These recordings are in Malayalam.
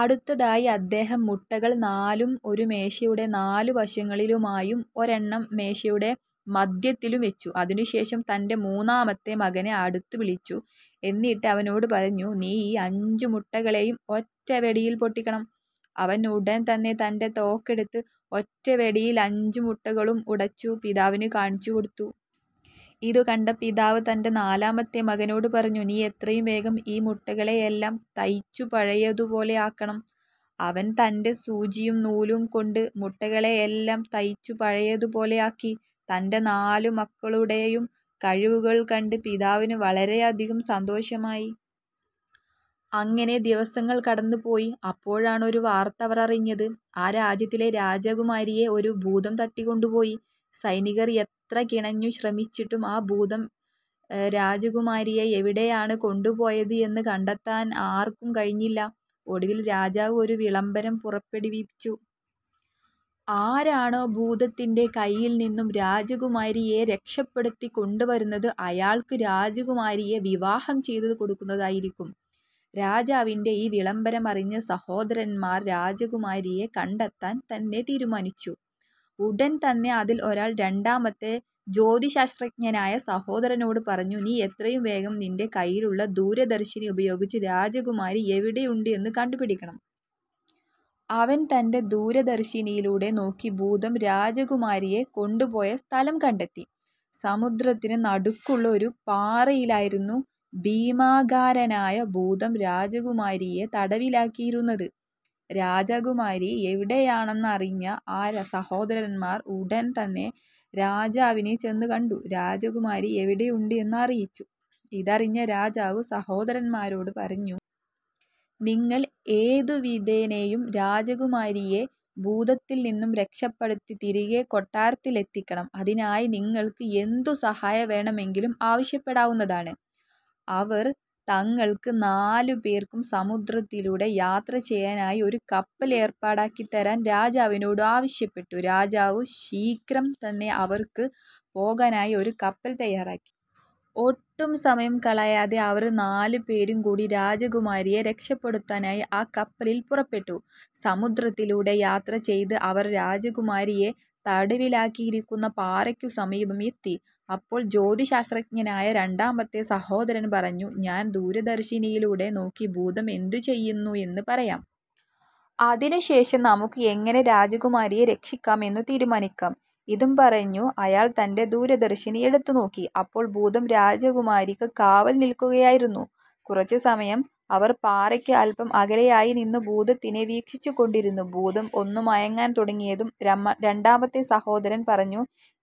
അടുത്തതായി അദ്ദേഹം മുട്ടകൾ നാലും ഒരു മേശയുടെ നാലു വശങ്ങളിലുമായും ഒരെണ്ണം മേശയുടെ മധ്യത്തിലും വച്ചു. അതിനു ശേഷം തന്റെ മൂന്നാമത്തെ മകനെ അടുത്തു വിളിച്ചു. എന്നിട്ട് അവനോട് പറഞ്ഞു. "നീ ഈ അഞ്ചു മുട്ടകളെയും ഒറ്റ വെടിയിൽ പൊട്ടിക്കണം. " അവൻ ഉടൻതന്നെ തന്റെ തോക്കെടുത്ത് ഒറ്റ വെടിയിൽ അഞ്ചു മുട്ടകളും ഉടച്ചു പിതാവിന് കാണിച്ചു കൊടുത്തു. ഇതുകണ്ട പിതാവ് തന്റെ നാലാമത്തെ മകനോട് പറഞ്ഞു. "നീ എത്രയും വേഗം ഈ മുട്ടകളെയെല്ലാം തയ്ച്ചു പഴയതു പോലെ ആക്കണം. " അവൻ തന്റെ സൂചിയും നൂലും കൊണ്ട് മുട്ടകളെയെല്ലാം തയ്ച്ചു പഴയതു പോലെ ആക്കി. തന്റെ നാലു മക്കളുടെയും കഴിവുകൾ കണ്ട പിതാവിന് വളരെയധികം സന്തോഷമായി. അങ്ങനെ ദിവസങ്ങൾ കടന്നു പോയി. അപ്പോഴാണ് ഒരു വാർത്ത അവർ അറിഞ്ഞത്. ആ രാജ്യത്തിലെ രാജകുമാരിയെ ഒരു ഭൂതം തട്ടി കൊണ്ടുപോയി. സൈനികർ എത്ര കിണഞ്ഞു ശ്രമിച്ചിട്ടും ആ ഭൂതം രാജകുമാരിയെ എവിടെയാണ് കൊണ്ടുപോയത് എന്നു കണ്ടെത്താൻ ആർക്കും കഴിഞ്ഞില്ല. ഒടുവിൽ രാജാവ് ഒരു വിളംബരം പുറപ്പെടുവിച്ചു. "ആരാണോ ഭൂതത്തിന്റെ കൈയിൽ നിന്നും രാജകുമാരിയെ രക്ഷപ്പെടുത്തി കൊണ്ടു വരുന്നത് അയാൾക്ക് രാജകുമാരിയെ വിവാഹം ചെയ്തു കൊടുക്കുന്നതായിരിക്കും. " രാജാവിന്റെ ഈ വിളംബരം അറിഞ്ഞ സഹോദരന്മാർ രാജകുമാരിയെ കണ്ടെത്താൻ തന്നെ തീരുമാനിച്ചു. ഉടൻതന്നെ അതിൽ ഒരാൾ രണ്ടാമത്തെ ജ്യോതിശാസ്ത്രജ്ഞനായ സഹോദരനോട് പറഞ്ഞു. "നീ എത്രയും വേഗം നിന്റെ കൈയിലുള്ള ദൂരദർശിനി ഉപയോഗിച്ചു രാജകുമാരി എവിടെ ഉണ്ട് എന്ന് കണ്ടുപിടിക്കണം. " അവൻ തന്റെ ദൂരദർശിനിയിലൂടെ നോക്കി. ഭൂതം രാജകുമാരിയെ കൊണ്ടുപോയ സ്ഥലം കണ്ടെത്തി. സമുദ്രത്തിന് നടുക്കുള്ള ഒരു പാറയിലായിരുന്നു ഭീമാകാരനായ ഭൂതം രാജകുമാരിയെ തടവിലാക്കിയിരുന്നത്. രാജകുമാരി എവിടെയാണെന്ന് അറിഞ്ഞ ആ സഹോദരന്മാർ ഉടൻതന്നെ രാജാവിനെ ചെന്നു കണ്ടു. രാജകുമാരി എവിടെ ഉണ്ട് എന്ന് അറിയിച്ചു. ഇതറിഞ്ഞ രാജാവ് സഹോദരന്മാരോട് പറഞ്ഞു. "നിങ്ങൾ ഏതു വിധേനയും രാജകുമാരിയെ ഭൂതത്തിൽ നിന്നു രക്ഷപ്പെടുത്തി തിരികെ കൊട്ടാരത്തിൽ എത്തിക്കണം. അതിനായി നിങ്ങൾക്ക് എന്തു സഹായം വേണമെങ്കിലും ആവശ്യപ്പെടാവുന്നതാണ്. " അവർ തങ്ങൾക്ക് നാലുപേർക്കും സമുദ്രത്തിലൂടെ യാത്ര ചെയ്യാനായി ഒരു കപ്പൽ ഏർപ്പാടാക്കി തരാൻ രാജാവിനോട് ആവശ്യപ്പെട്ടു. രാജാവ് ശീഘ്രം തന്നെ അവർക്ക് പോകാനായി ഒരു കപ്പൽ തയ്യാറാക്കി. ഒട്ടും സമയം കളയാതെ അവർ നാലുപേരും കൂടി രാജകുമാരിയെ രക്ഷപ്പെടുത്താനായി ആ കപ്പലിൽ പുറപ്പെട്ടു. സമുദ്രത്തിലൂടെ യാത്ര ചെയ്ത് അവർ രാജകുമാരിയെ തടവിലാക്കിയിരിക്കുന്ന പാറയ്ക്കു സമീപം എത്തി. അപ്പോൾ ജ്യോതിശാസ്ത്രജ്ഞനായ രണ്ടാമത്തെ സഹോദരൻ പറഞ്ഞു. "ഞാൻ ദൂരദർശിനിയിലൂടെ നോക്കി ഭൂതം എന്തു ചെയ്യുന്നു എന്നു പറയാം. അതിനു ശേഷം നമുക്ക് എങ്ങനെ രാജകുമാരിയെ രക്ഷിക്കാം എന്നു തീരുമാനിക്കാം. " ഇതും പറഞ്ഞു അയാൾ തന്റെ ദൂരദർശിനി എടുത്തു നോക്കി. അപ്പോൾ ഭൂതം രാജകുമാരിക്കു കാവൽ നിൽക്കുകയായിരുന്നു. കുറച്ചു സമയം അവർ പാറയ്ക്ക് അല്പം അകലെയായി നിന്നു ഭൂതത്തിനെ വീക്ഷിച്ചു കൊണ്ടിരുന്നു. ഭൂതം ഒന്നു മയങ്ങാൻ തുടങ്ങിയതും രമ രണ്ടാമത്തെ സഹോദരൻ പറഞ്ഞു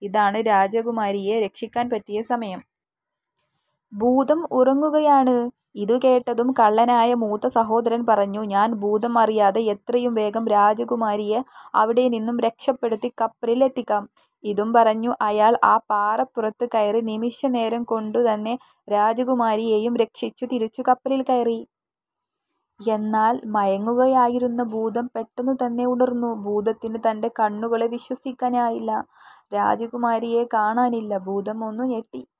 "ഇതാണ് രാജകുമാരിയെ രക്ഷിക്കാൻ പറ്റിയ സമായം. ഭൂതം ഉറങ്ങുകയാണ്. " ഇതുകേട്ടതും കള്ളനായ മൂത്ത സഹോദരൻ പറഞ്ഞു "ഞാൻ ഭൂതം അറിയാതെ എത്രയും വേഗം രാജകുമാരിയെ അവിടെ നിന്നും രക്ഷപ്പെടുത്തി കപ്പലിൽ എത്തിക്കാം. " ഇതും പറഞ്ഞു അയാൾ ആ പാറപ്പുറത്ത് കയറി. നിമിഷ നേരം കൊണ്ടുതന്നെ രാജകുമാരിയെയും രക്ഷിച്ചു തിരിച്ചു കപ്പലിൽ കയറി. എന്നാൽ മായങ്ങുകയായിരുന്ന ഭൂതം പെട്ടന്നു തന്നെ ഉണർന്നു. ഭൂതത്തിന് തൻ്റെ കണ്ണുകളെ വിശ്വസിക്കാനായില്ല. രാജകുമാരിയെ കാണാനില്ല. ഭൂതം ഒന്നു ഞെട്ടി.